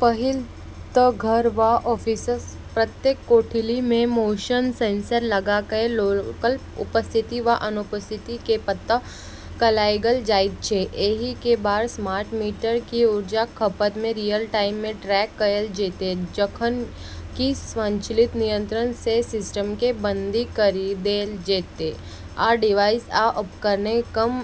पहिल तँ घर वा ओफिसक प्रत्येक कोठली मे मोशन सेंसर लगा कए लोकक उपस्थिति वा अनुपस्थिति कें पत्तो लगाएल जाइत छै। एहि के बाद स्मार्ट मीटर सँ ऊर्जाक खपत कें रियल-टाइम मे ट्रैक कयल जेतै, जखन कि स्वचालित नियंत्रण सँ सिस्टमकें बन्द करि देल जेतै वा डिवाइस आ उपकरणकें कम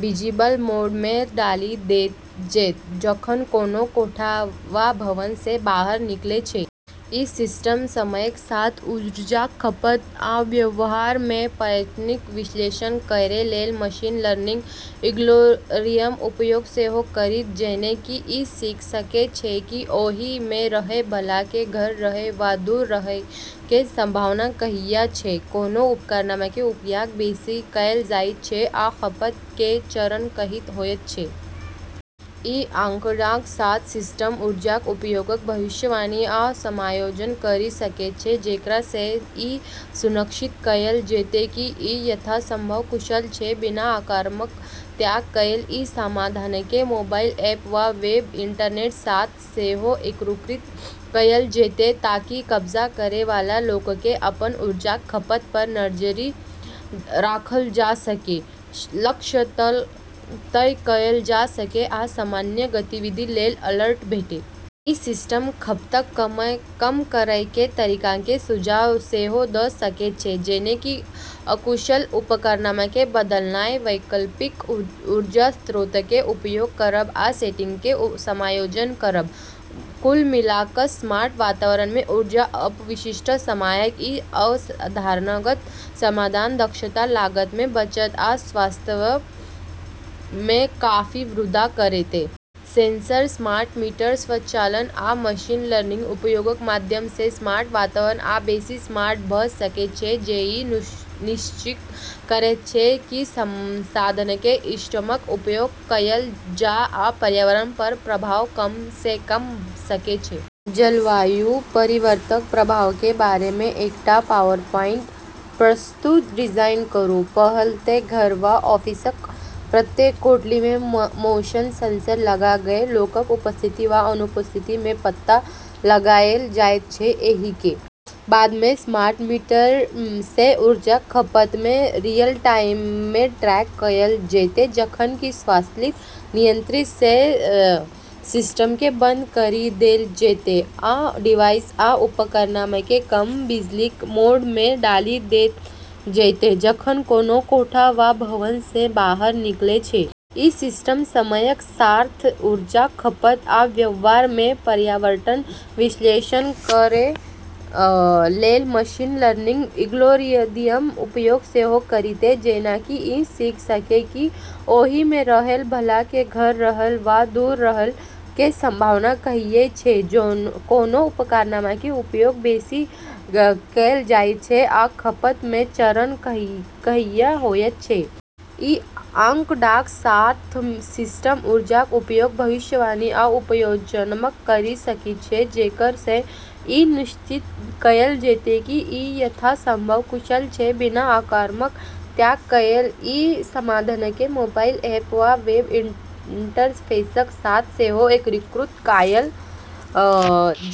बिजलीक मोड मे डालि देल जेतै जखन कोनो कोठा वा भवन सँ बाहर निकलै छै। ई सिस्टम समयक साथ ऊर्जाक खपत आ व्यवहार मे पैटर्नक विश्लेषण करै लेल मशीन लर्निंग एल्गोरिदमक उपयोग सेहो करतै। जेना कि ई सीख सकै छै कि ओहि मे रहय बला कें घर रहय वा दूर रहय कें संभावना कहिया छै, कोनो उपकरणकें उपयोग बेसि कैल जाइत छै, आ खपत कें चरम कहिया होयत छै। ई आंकड़ाक साथ सिस्टम ऊर्जाक उपयोगक भविष्यवाणी आ समायोजन करि सकै छै, जेकरा सँ ई सुनिश्चित कयल जेतै कि ई यथासंभव कुशल छै, बिना आरामक त्याग कएल। ​ई समाधानकें मोबाइल ऐप वा वेब इंटरफेसक साथ सेहो एकीकृत कयल जेतै ताकि कब्जा करै वाला लोककें अपन ऊर्जाक खपत पर नजरि राखल जा सकै, लक्ष्य तय कयल जा सकै आ असामान्य गतिविधि लेल अलर्ट भेटै। ई सिस्टम खपतक कम करय कें तरीकाकें सुझाव सेहो द सकै छै, जेना कि अकुशल उपकरणकें बदलनाय, वैकल्पिक ऊर्जा स्रोतकें उपयोग करब, आ सेटिंग्सकें समायोजन करब। ​कुल मिला कऽ स्मार्ट वातावरण मे ऊर्जा अपशिष्टक समस्याक ई अवधारणागत समाधान दक्षता, लागत मे बचत आ स्थायित्व मे काफी वृद्धि करतै। सेंसर, स्मार्ट मीटर, स्वचालन, आ मशीन लर्निंगक उपयोगक माध्यम सँ स्मार्ट वातावरण आ बेसि स्मार्ट भ सकै छै, जे ई सुनिश्चित करैत छै कि संसाधनकें इष्टतम उपयोग कयल जा आ पर्यावरण पर प्रभाव कम सँ कम भ सकै छै। ​जलवायु परिवर्तनक प्रभावकें बारे मे एकटा पावरपॉइंट प्रस्तुति डिजाइन करूं। पहिल तँ घर वा ओफिसक प्रत्येक कोठली मे मोशन सेंसर लगा कए लोकक उपस्थिति वा अनुपस्थिति कें पत्तो लगाएल जाइत छै। एहि के बाद स्मार्ट मीटर सँ ऊर्जाक खपत कें रियल-टाइम मे ट्रैक कयल जेतै, जखन कि स्वचालित नियंत्रण सँ सिस्टमकें बन्द करि देल जेतै वा डिवाइस आ उपकरणकें कम बिजलीक मोड मे डालि देल जेतै जखन कोनो कोठा वा भवन सँ बाहर निकलै छै। ई सिस्टम समयक साथ ऊर्जाक खपत आ व्यवहार मे पैटर्नक विश्लेषण करै लेल मशीन लर्निंग एल्गोरिदमक उपयोग सेहो करतै। जेना कि ई सीख सकै छै कि ओहि मे रहय बला कें घर रहय वा दूर रहय कें संभावना कहिया छै, कोनो उपकरणकें उपयोग बेसि कैल जाइत छै, आ खपत कें चरम कहिया होयत छै। ई आंकड़ाक साथ सिस्टम ऊर्जाक उपयोगक भविष्यवाणी आ समायोजन करि सकै छै, जेकरा सँ ई सुनिश्चित कयल जेतै कि ई यथासंभव कुशल छै, बिना आरामक त्याग कएल। ई समाधानकें मोबाइल ऐप वा वेब इंटरफेसक साथ सेहो एकीकृत कयल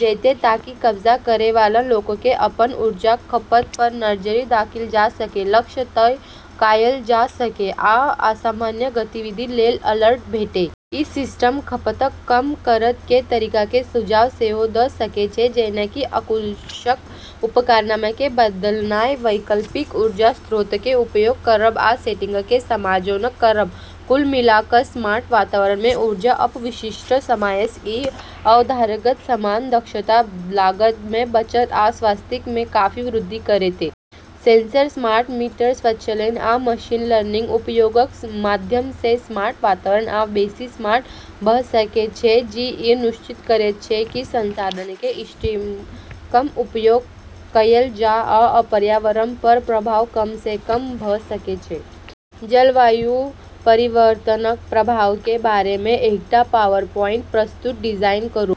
जेतै ताकि कब्जा करै वाला लोककें अपन ऊर्जाक खपत पर नजरि राखल जा सकै, लक्ष्य तय कयल जा सकै आ असामान्य गतिविधि लेल अलर्ट भेटै। ई सिस्टम खपतक कम करय कें तरीकाकें सुझाव सेहो द सकै छै, जेना कि अकुशल उपकरणकें बदलनाय, वैकल्पिक ऊर्जा स्रोतकें उपयोग करब, आ सेटिंग्सकें समायोजन करब। कुल मिला कऽ स्मार्ट वातावरण मे ऊर्जा अपशिष्टक समस्याक ई अवधारणागत समाधान दक्षता, लागत मे बचत आ स्थायित्व मे काफी वृद्धि करतै। सेंसर, स्मार्ट मीटर, स्वचालन, आ मशीन लर्निंगक उपयोगक माध्यम सँ स्मार्ट वातावरण आ बेसि स्मार्ट भ सकै छै, जे ई सुनिश्चित करैत छै कि संसाधनकें इष्टतम उपयोग कयल जा आ पर्यावरण पर प्रभाव कम सँ कम भ सकै छै। जलवायु परिवर्तनक प्रभावकें बारे मे एकटा पावरपॉइंट प्रस्तुति डिजाइन करूं।